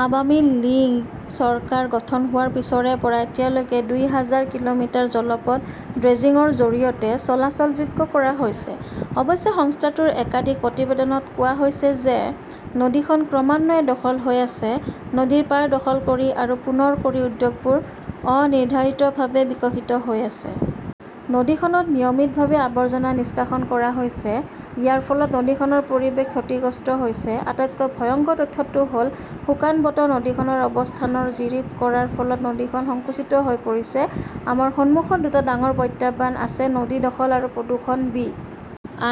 Awami League চৰকাৰ গঠন হোৱাৰ পিছৰে পৰা এতিয়ালৈকে দুই হাজাৰ কিলোমিটাৰ জলপথ ড্ৰেজিংৰ জৰিয়তে চলাচলযোগ্য কৰা হৈছে। অৱশ্যে, সংস্থাটোৰ একাধিক প্ৰতিবেদনত কোৱা হৈছে যে নদীখন ক্ৰমান্বয়ে দখল হৈ আছে। নদীৰ পাৰ দখল কৰি আৰু পূৰণ কৰি উদ্যোগবোৰ অনিৰ্ধাৰিতভাৱে বিকশিত হৈ আছে। নদীখনত নিয়মিতভাৱে আৱৰ্জনা নিষ্কাশন কৰা হৈছে। ইয়াৰ ফলত নদীখনৰ পৰিৱেশ ক্ষতিগ্ৰস্ত হৈছে। আটাইতকৈ ভয়ংকৰ তথ্যটো হ'ল, শুকান বতৰত নদীখনৰ অৱস্থানৰ জৰীপ কৰাৰ ফলত নদীখন সংকুচিত হৈ পৰিছে। "আমাৰ সন্মুখত দুটা ডাঙৰ প্ৰত্যাহ্বান আছে-নদী দখল আৰু প্ৰদূষণ ", বি.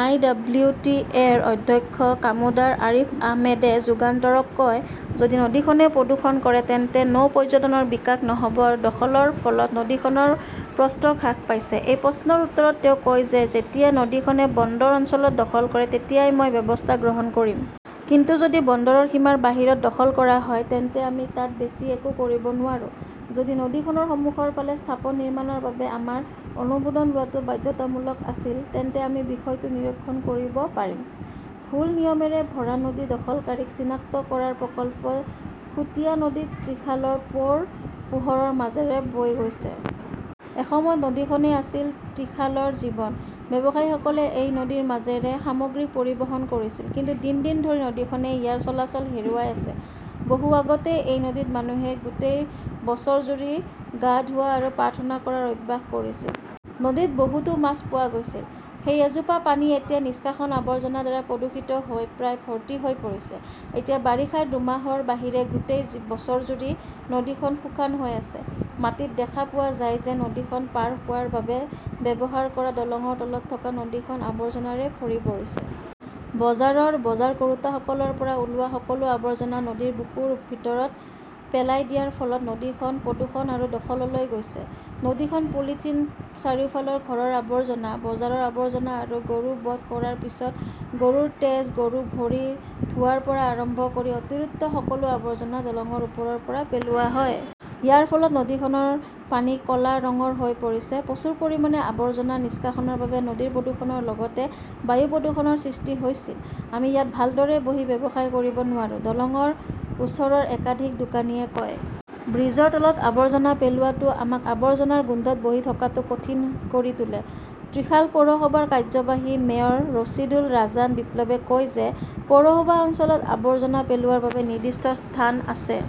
আই. ডব্লিউ. টি. এ.ৰ অধ্যক্ষ কমোডাৰ আৰিফ আহমেদে যুগান্তৰক কয়। যদি নদীখনে প্ৰদূষণ কৰে তেন্তে নৌ পৰ্যটনৰ বিকাশ নহ'ব আৰু দখলৰ ফলত নদীখনৰ প্ৰস্থ হ্ৰাস পাইছে। এটা প্ৰশ্নৰ উত্তৰত তেওঁ কয় যে যেতিয়া নদীখনে বন্দৰ অঞ্চলত দখল কৰে তেতিয়া মই ব্যৱস্থা গ্ৰহণ কৰিম। কিন্তু যদি বন্দৰৰ সীমাৰ বাহিৰত দখল কৰা হয়, তেন্তে আমি তাত বেছি একো কৰিব নোৱাৰো। যদি নদীখনৰ সন্মুখৰ ফালে স্থাপন নিৰ্মাণৰ বাবে আমাৰ অনুমোদন লোৱাটো বাধ্যতামূলক আছিল তেন্তে আমি বিষয়টো নিৰীক্ষণ কৰিব পাৰিম। ভুল-অনিয়মৰে ভৰা নদী দখলকাৰীক চিনাক্ত কৰাৰ প্ৰকল্প সুতিয়া নদী ত্ৰিশালৰ পৌৰ চহৰৰ মাজেৰে বৈ গৈছে। এসময়ত নদীখনেই আছিল ত্ৰিশালৰ জীৱন। ব্যৱসায়ীসকলে এই নদীৰ মাজেৰে সামগ্ৰী পৰিবহণ কৰিছিল। কিন্তু দিন দিন ধৰি নদীখনে ইয়াৰ চলাচল হেৰুৱাই আছে। বহু আগতেই এই নদীত মানুহে গোটেই বছৰজুৰি গা ধোৱা আৰু প্ৰাৰ্থনা কৰাৰ অভ্যাস কৰিছিল। নদীত বহুতো মাছ পোৱা গৈছিল। সেই জোপোহা পানী এতিয়া নিষ্কাশিত আৱৰ্জনাৰ দ্বাৰা প্ৰদূষিত হৈ প্ৰায় ভৰ্তি হৈ পৰিছে। এতিয়া বাৰিষাৰ দুমাহৰ বাহিৰে গোটেই বছৰজুৰি নদীখন শুকান হৈ থাকে। মাটিত দেখা পোৱা যায় যে নদীখন পাৰ হোৱাৰ বাবে ব্যৱহাৰ কৰা দলংৰ তলত থকা নদীখন আবৰ্জনাৰে ভৰি পৰিছে। বজাৰৰ বজাৰ কৰোঁতাসকলৰ পৰা ওলোৱা সকলো আৱৰ্জনা নদীৰ বুকুৰ ভিতৰত পেলাই দিয়াৰ ফলত নদীখন প্ৰদূষণ আৰু দখললৈ গৈছে। নদীখনত পলিথিন, চাৰিওফালৰ ঘৰৰ আৱৰ্জনা, বজাৰৰ আৱৰ্জনা আৰু গৰু বধ কৰাৰ পিছত গৰুৰ তেজ, গৰু, ভৰি ধোৱাৰ পৰা আৰম্ভ কৰি অতিৰিক্ত সকলো আৱৰ্জনা দলংৰ ওপৰৰ পৰা পেলোৱা হয়। ইয়াৰ ফলত নদীখনৰ পানী ক 'লা ৰঙৰ হৈ পৰিছে। প্ৰচুৰ পৰিমাণে আৱৰ্জনা নিষ্কাশনৰ বাবে নদীৰ প্ৰদূষণৰ লগতে বায়ু প্ৰদূষণৰ সৃষ্টি হৈছিল। "আমি ইয়াত ভালদৰে বহি ব্যৱসায় কৰিব নোৱাৰো ", দলংৰ ওচৰৰ একাধিক দোকানীয়ে কয়। ব্ৰীজৰ তলত আৱৰ্জনা পেলোৱাটোৱে আমাক আৱৰ্জনাৰ গোন্ধত বহি থকাটো কঠিন কৰি তোলে। ত্ৰিশাল পৌৰসভাৰ কাৰ্যবাহী মেয়ৰ ৰছিদুল হাছান বিপ্লৱে কয় যে পৌৰসভা অঞ্চলত আৱৰ্জনা পেলোৱাৰ বাবে নিৰ্দিষ্ট স্থান আছে।